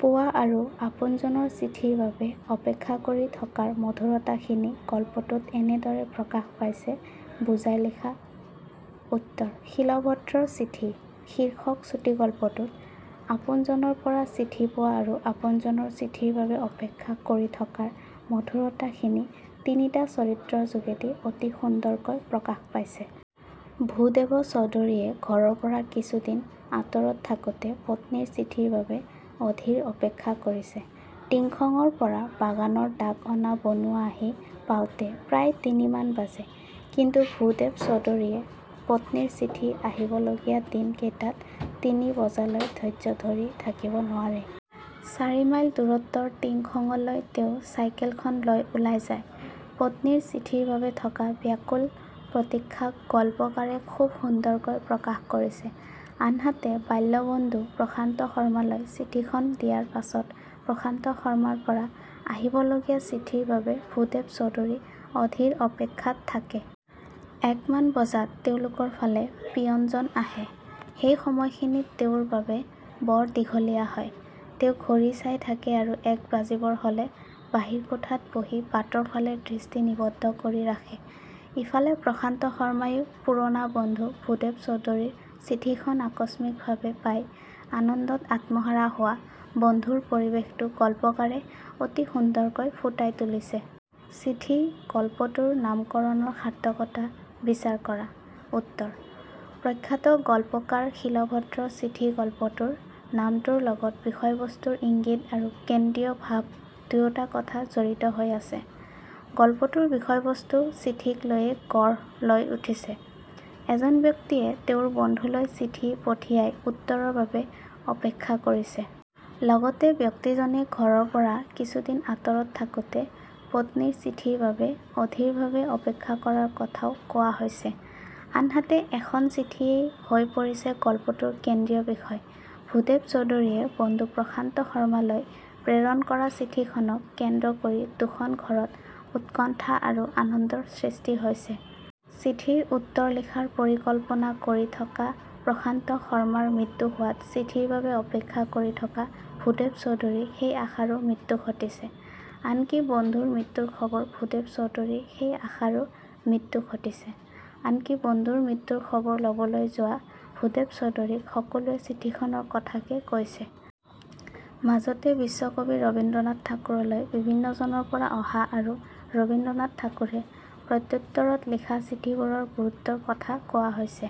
পোৱা আৰু আপোনজনৰ চিঠিৰ বাবে অপেক্ষা কৰি থকাৰ মধুৰতাখিনি গল্পটোত কেনেদৰে প্ৰকাশ পাইছে বুজাই লিখা উত্তৰ: শীলভদ্ৰৰ 'চিঠি' শীৰ্ষক চুটিগল্পটোত আপোনজনৰ পৰা চিঠি পোৱা আৰু আপোনজনৰ চিঠিৰ বাবে অপেক্ষা কৰি থকাৰ মধুৰতা খিনি তিনিটা চৰিত্ৰৰ যোগেদি অতি সুন্দৰকৈ প্ৰকাশ পাইছে। ভূদেৱ চৌধুৰীয়ে ঘৰৰ পৰা কিছুদিন আঁতৰত থাকোঁতে পত্নীৰ চিঠিৰ বাবে অধীৰ অপেক্ষা কৰিছে। টিংখঙৰ পৰা বাগানৰ ডাক অনা বনোৱা আহি পাওঁতে প্ৰায় তিনিমান বাজে। কিন্তু ভূদেৱ চৌধুৰীয়ে পত্নীৰ চিঠি আহিব লগীয়া দিন কেইটাত তিনি বজালৈ ধৈৰ্য ধৰি থাকিব নোৱাৰে। চাৰিমাইল দূৰত্বৰ টিংখঙলৈ তেওঁ চাইকেলখন লৈ ওলাই যায়। পত্নীৰ চিঠিৰ বাবে থকা ব্যাকুল প্ৰতীক্ষাক গল্পকাৰে খুব সুন্দৰকৈ প্ৰকাশ কৰিছে। আনহাতে বাল্য বন্ধু প্ৰশান্ত শৰ্মালৈ চিঠিখন দিয়াৰ পাছত প্ৰশান্ত শৰ্মাৰ পৰা আহিবলগীয়া চিঠিৰ বাবে ভূদেৱ চৌধুৰী অধীৰ অপেক্ষাত থাকে। এক মান বজাত তেওঁলোকৰ ফালে পিয়নজন আহে। সেই সময়খিনি তেওঁৰ বাবে বৰ দীঘলীয়া হয়। তেওঁ ঘড়ী চাই থাকে আৰু এক বাজিবৰ হ'লে বাহিৰ কোঠাত বহি বাটৰ ফালে দৃষ্টি নিবদ্ধ কৰি ৰাখে। ইফালে প্ৰশান্ত শৰ্মাইও পুৰণা বন্ধু ভূদেৱ চৌধুৰীৰ চিঠিখন আকস্মিক ভাবে পাই আনন্দত আত্মহাৰা হোৱা মধুৰ পৰিবেশটো গল্পকাৰে অতি সুন্দৰকৈ ফুটাই তুলিছে।। 'চিঠি' গল্পটোৰ নামকৰণৰ সাৰ্থকতা বিচাৰ কৰা। উত্তৰ: প্ৰখ্যাত গল্পকাৰ শীলভদ্ৰৰ 'চিঠি 'গল্পটোৰ নামটোৰ লগত বিষয়বস্তুৰ ইংগিত আৰু কেন্দ্ৰীয় ভাব দুয়োটা কথা জড়িত হৈ আছে। গল্পটোৰ বিষয়বস্তু চিঠিক লৈয়ে গঢ় লৈ উঠিছে। এজন ব্যক্তিয়ে তেওঁৰ বন্ধুলৈ চিঠি পঠিয়াই উত্তৰৰ বাবে অপেক্ষা কৰিছে। লগতে ব্যক্তিজনে ঘৰৰ পৰা কিছুদিন আঁতৰত থাকোঁতে পত্নীৰ চিঠিৰ বাবে অধীৰ ভাবে অপেক্ষা কৰাৰ কথাও কোৱা হৈছে। আনহাতে এখন চিঠিয়েই হৈ পৰিছে গল্পটোৰ কেন্দ্ৰীয় বিষয়। ভূদেৱ চৌধুৰীয়ে বন্ধু প্ৰশান্ত শৰ্মালৈ প্ৰেৰণ কৰা চিঠিখনক কেন্দ্ৰ কৰি দুখন-ঘৰত উৎকণ্ঠা আৰু আনন্দৰ সৃষ্টি হৈছে। চিঠিৰ উত্তৰ লিখাৰ পৰিকল্পনা কৰি থকা প্ৰশান্ত শৰ্মাৰ মৃত্যু হোৱাত চিঠিৰ বাবে অপেক্ষা কৰি থকা ভূদেৱ চৌধুৰীৰ সেই আশাৰো মৃত্যু ঘটিছে। আনকি বন্ধুৰ মৃত্যুৰ খবৰ ভূদেৱ চৌধুৰীৰ সেই আশাৰো মৃত্যু ঘটিছে। আনকি বন্ধুৰ মৃত্যুৰ খবৰ ল'বলৈ যোৱা ভূদেৱ চৌধুৰীক সকলোৱে চিঠিখনৰ কথাকে কৈছে। মাজতে বিশ্বকবি ৰবীন্দ্ৰনাথ ঠাকুৰলৈ বিভিন্নজনৰ পৰা অহা আৰু ৰবীন্দ্ৰনাথ ঠাকুৰে প্ৰত্যোত্তৰত লিখা চিঠিবোৰৰ গুৰুত্বৰ কথা কোৱা হৈছে।